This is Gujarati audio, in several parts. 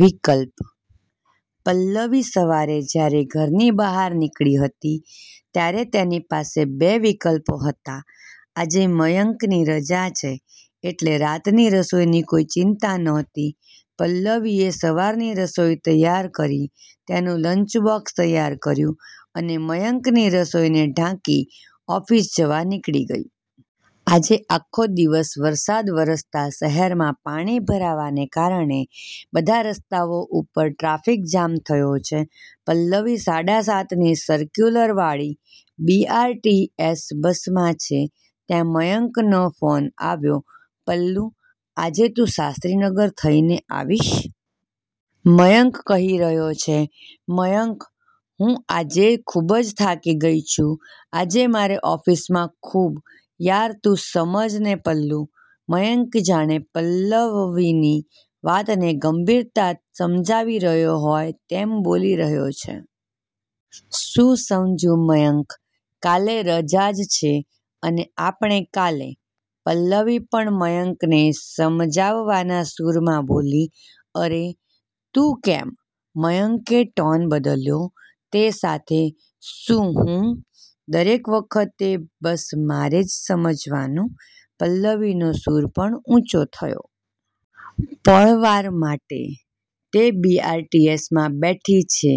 વિકલ્પ: પલ્લવી સવારે જ્યારે ઘરથી બહાર નીકળી હતી ત્યારે તેની પાસે બે વિકલ્પો હતા! આજે મયંકની રજા છે, એટલે રાતની રસોઈની કોઈ ચિંતા નહોતી. પલ્લવીએ સવારની રસોઈ તૈયાર કરી તેનું લન્ચબોક્સ તૈયાર કર્યું અને મયંકની રસોઈને ઢાંકી ઓફીસ જવા નીકળી ગઈ. આજે આખો દિવસ વરસાદ વરસતા શહેરમાં પાણી ભરાવાને કારણે બધા રસ્તાઓ ઉપર ટ્રાફિક જામ થયો છે. પલ્લવી સાડા સાત ની સરક્યુલરવાળી બી.આર.ટી.એસ. બસમાં છે. ત્યાં મયંકનો ફોન આવ્યો, "પલ્લુ, આજે તું શાસ્ત્રીનગર થઈને આવીશ?" મયંક કહી રહ્યો છે. "મયંક હું આજે ખૂબ જ થાકી ગઈ છું. આજે મારે ઓફીસમાં ખૂબ." "યાર તું સમજ ને પલ્લુ." મયંક જાણે પલ્લવવીને વાતની ગંભીરતા સમજાવી રહ્યો હોય તેમ બોલી રહ્યો છે! "શું સમજુ મયંક? કાલે રજા જ છે, અને આપણે કાલે," પલ્લવી પણ મયંકને સમજાવવાના સૂરમાં બોલી."'અરે… તું કેમ?" મયંકે ટોન બદલ્યો. તે સાથે "શું, હું? દરેક વખતે બસ મારે જ સમજવાનું?" પલ્લવીનો સૂર પણ ઉંચો થયો. પળવાર માટે તે બી.આર.ટી.એસ.માં બેઠી છે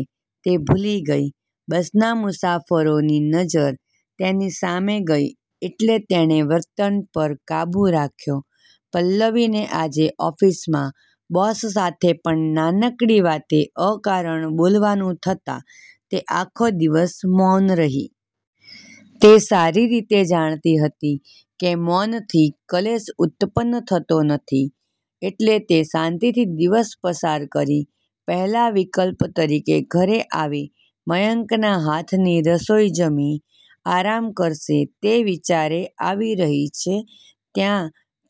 તે ભૂલી ગઈ. બસના મુસાફરોની નજર તેની સામે ગઈ એટલે તેણે વર્તન પર કાબૂ રાખ્યો. પલ્લવીને આજે ઓફિસમાં બોસ સાથે પણ નાનકડી વાતે અકારણ બોલવાનું થતા તે આખો દિવસ મૌન રહી. તે સારી રીતે જાણતી હતી કે મૌનથી ક્લેશ ઉતપન્ન થતો નથી, એટલે તે શાંતિથી દિવસ પસાર કરી પહેલા વિકલ્પ તરીકે ઘરે આવી મયંકના હાથની રસોઈ જમી, આરામ કરશે તે વિચારે આવી રહી છે, ત્યાં,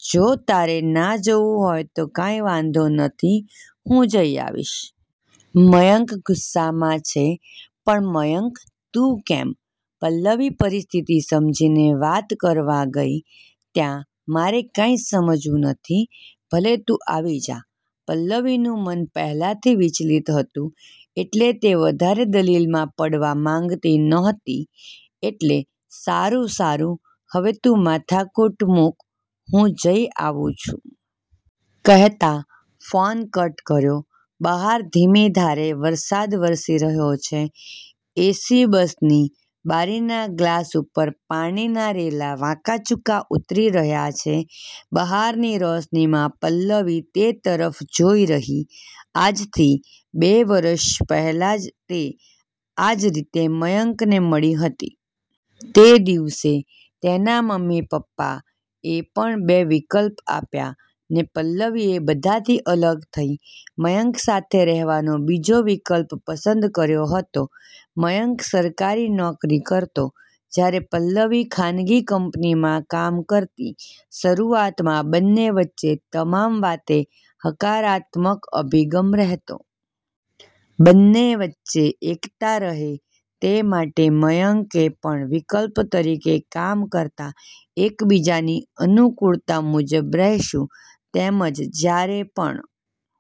"જો તારે ના જવું હોય તો કાંઈ વાંધો નથી હું જઈ આવીશ." મયંક ગુસ્સામાં છે. "પણ મયંક તું કેમ?" પલ્લવી પરિસ્થિતિ સમજીને વાત કરવા ગઈ ત્યાં, "મારે કાંઈ સમજવું નથી, ભલે તું આવી જા". પલ્લવીનું મન પહેલાથી વિચલિત હતું એટલે તે વધારે દલીલમાં પડવા માંગતી નહોતી એટલે, "સારું-સારું હવે, તું માથાકૂટ મૂક, હું જઈ આવું છું". કહેતા ફોન કટ કર્યો. બહાર ધીમી ધારે વરસાદ વરસી રહ્યો છે. એ.સી. બસની બારીના ગ્લાસ ઊપર પાણીના રેલા વાંકાચૂકા ઊતરી રહ્યા છે. બહારની રોશનીમાં પલ્લવી તે તરફ જોઈ રહી. આજથી બે વરસ પહેલાં જ તે આજ રીતે મયંકને મળી હતી. તે દિવસે તેના મમ્મી-પપ્પા એ પણ બે વિકલ્પ આપ્યા, ને પલ્લવીએ બધાથી અલગ થઈ મયંક સાથે રહેવાનો બીજો વિકલ્પ પસંદ કર્યો હતો. મયંક સરકારી નોકરી કરતો, જયારે પલ્લવી ખાનગી કંપનીમાં કામ કરતી. શરૂઆતમાં બંને વચ્ચે તમામ વાતે હકારાત્મક અભિગમ રહેતો. બંને વચ્ચે એકતા રહે તે માટે મયંકે પણ વિકલ્પ તરીકે કામ કરતા એક બીજાની અનુકૂળતા મુજબ રહેશું, તેમજ જ્યારે પણ